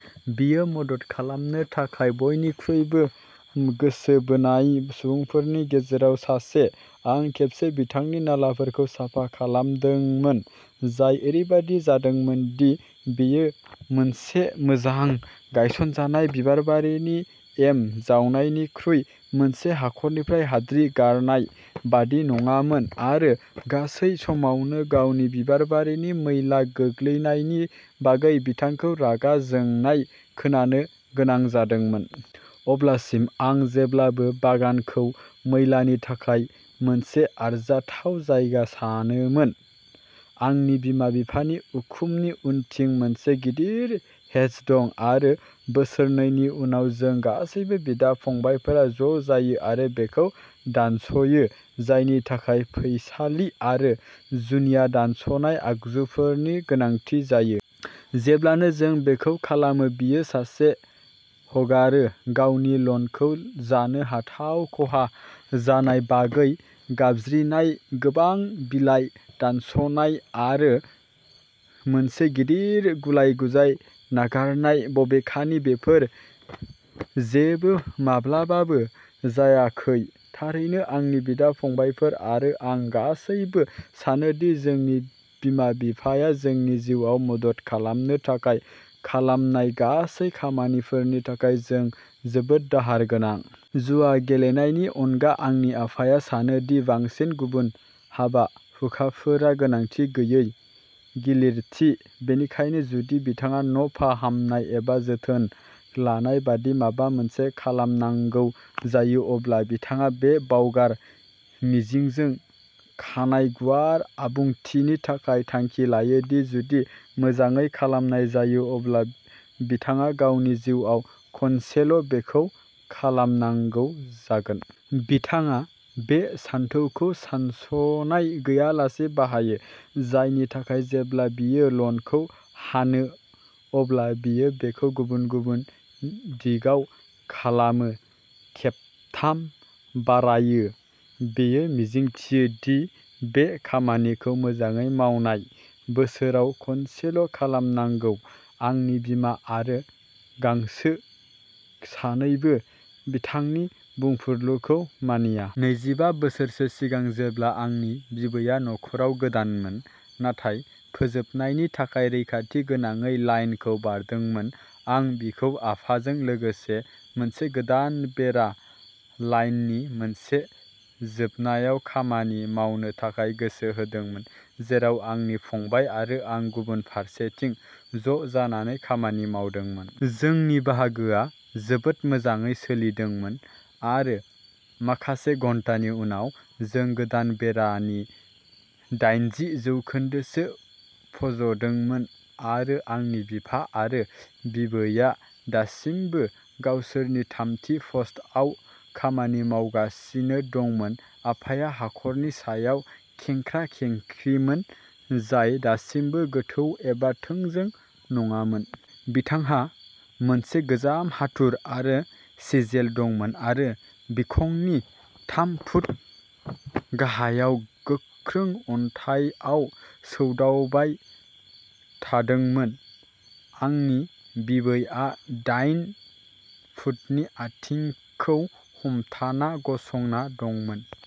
बियो मदद खालामनो थाखाय बयनिख्रुइबो गोसो बायनाय सुबुंफोरनि गेजेराव सासे। आं खेबसे बिथांनि नालाफोरखौ साफा खालामदोंमोन, जाय ओरैबायदि जामदोंमोन दि बेयो मोनसे मोजां गायसनजानाय बिबारबारिनि एम जावनायनिख्रुइ मोनसे हाखरनिफ्राय हाद्रि गारनाय बायदि नङामोन आरो गासै समावनो गावनि बिबारबारिनि मैला गोग्लैनायनि बागै बिथांखौ रागा जोंनाय खोनानो गोनां जादोंमोन। अब्लासिम आं जेब्लाबो बागानखौ मैलानि थाखाय मोनसे आरजाथाव जायगा सानोमोन। आंनि बिमा-बिफानि उखुमनि उनथिं मोनसे गिदिर हेज दं आरो बोसोरनैनि उनाव जों गासैबो बिदा-फंबायफोरा ज' जायो आरो बेखौ दानस'यो, जायनि थाखाय फैसालि आरो जुनिया दानस'नाय आगजुफोरनि गोनांथि जायो। जेब्लानो जों बेखौ खालामो, बियो सानसे हगारो। गावनि लनखौ जानो हाथाव खहा जानायनि बागै गाबज्रिनाय, गोबां बिलाइ दानस'नाय आरो मोनसे गिदिर गुलाय-गुजाय नागारनाय, बबेखानि बेफोर जेबो माब्लाबाबो जायाखै। थारैनो, आंनि बिदा-फंबायफोर आरो आं गासैबो सानो दि जोंनि बिमा-बिफाया जोंनि जिउआव मदद खालामनो थाखाय खालामनाय गासै खामानिफोरनि थाखाय जों जोबोद दाहार गोनां। जुवा गेलेनायनि अनगा आंनि आफाया सानो दि बांसिन गुबुन हाबा-हुखाफोरा गोनांथि गैयै गिलिरथि, बेनिखायनो जुदि बिथाङा न' फाहामनाय एबा जोथोन लानाय बायदि माबा मोनसे खालामनांगौ जायो, अब्ला बिथाङा बे बावगार मिजिंजों खानाइ-गुवार आबुंथिनि थाखाय थांखि लायो दि जुदि मोजाङै खालामनाय जायो अब्ला बिथाङा गावनि जिउआव खनसेल' बेखौ खालामनांगौ जागोन। बिथाङा बे सानथौखौ सानस'नाय गैयालासे बाहायो, जायनि थाखाय जेब्ला बियो लनखौ हानो अब्ला बियो बेखौ गुबुन गुबुन दिगाव खालामो, खेबथाम बारायो। बियो मिजिंथियो दि बे खामानिखौ, मोजाङै मावनाय, बोसोराव खनसेल' खालामनांगौ। आंनि बिमा आरो गांसो सानैबो बिथांनि बुंफुरलुखौ मानिया। नैजिबा बोसोरसो सिगां जेब्ला आंनि बिबैया न'खराव गोदानमोन, नाथाय फोजोबनायनि थाखाय रैखाथि गोनाङै लाइनखौ बारदोंमोन, आं बिखौ आफाजों लोगोसे मोनसे गोदान बेरा-लाइननि मोनसे जोबनायाव खामानि मावनो थाखाय गोसो होदोंमोन, जेराव आंनि फंबाय आरो आं गुबुन फारसेथिं ज'जानानै खामानि मावदोंमोन। जोंनि बाहागोआ जोबोद मोजाङै सोलिदोंमोन आरो माखासे घन्टानि उनाव जों गोदान बेरा नि दाइनजि जौखोन्दोसो फज'दोंमोन आरो आंनि बिफा आरो बिबैया दासिमबो गावसोरनि थामथि पस्टआव खामानि मावगासिनो दंमोन। आफाया हाखरनि सायाव खेंख्रा-खेंख्रिमोन, जाय दासिमबो गोथौ एबा थोंजों नङामोन। बिथांहा मोनसे गोजाम हाथुर आरो सिजेल दंमोन आरो बिखंनि थाम फुट गाहायाव गोख्रों अन्थाइआव सौदावबाय थादोंमोन। आंनि बिबैया डाइन फुटनि आथिंखौ हमथाना गसंना दंमोन।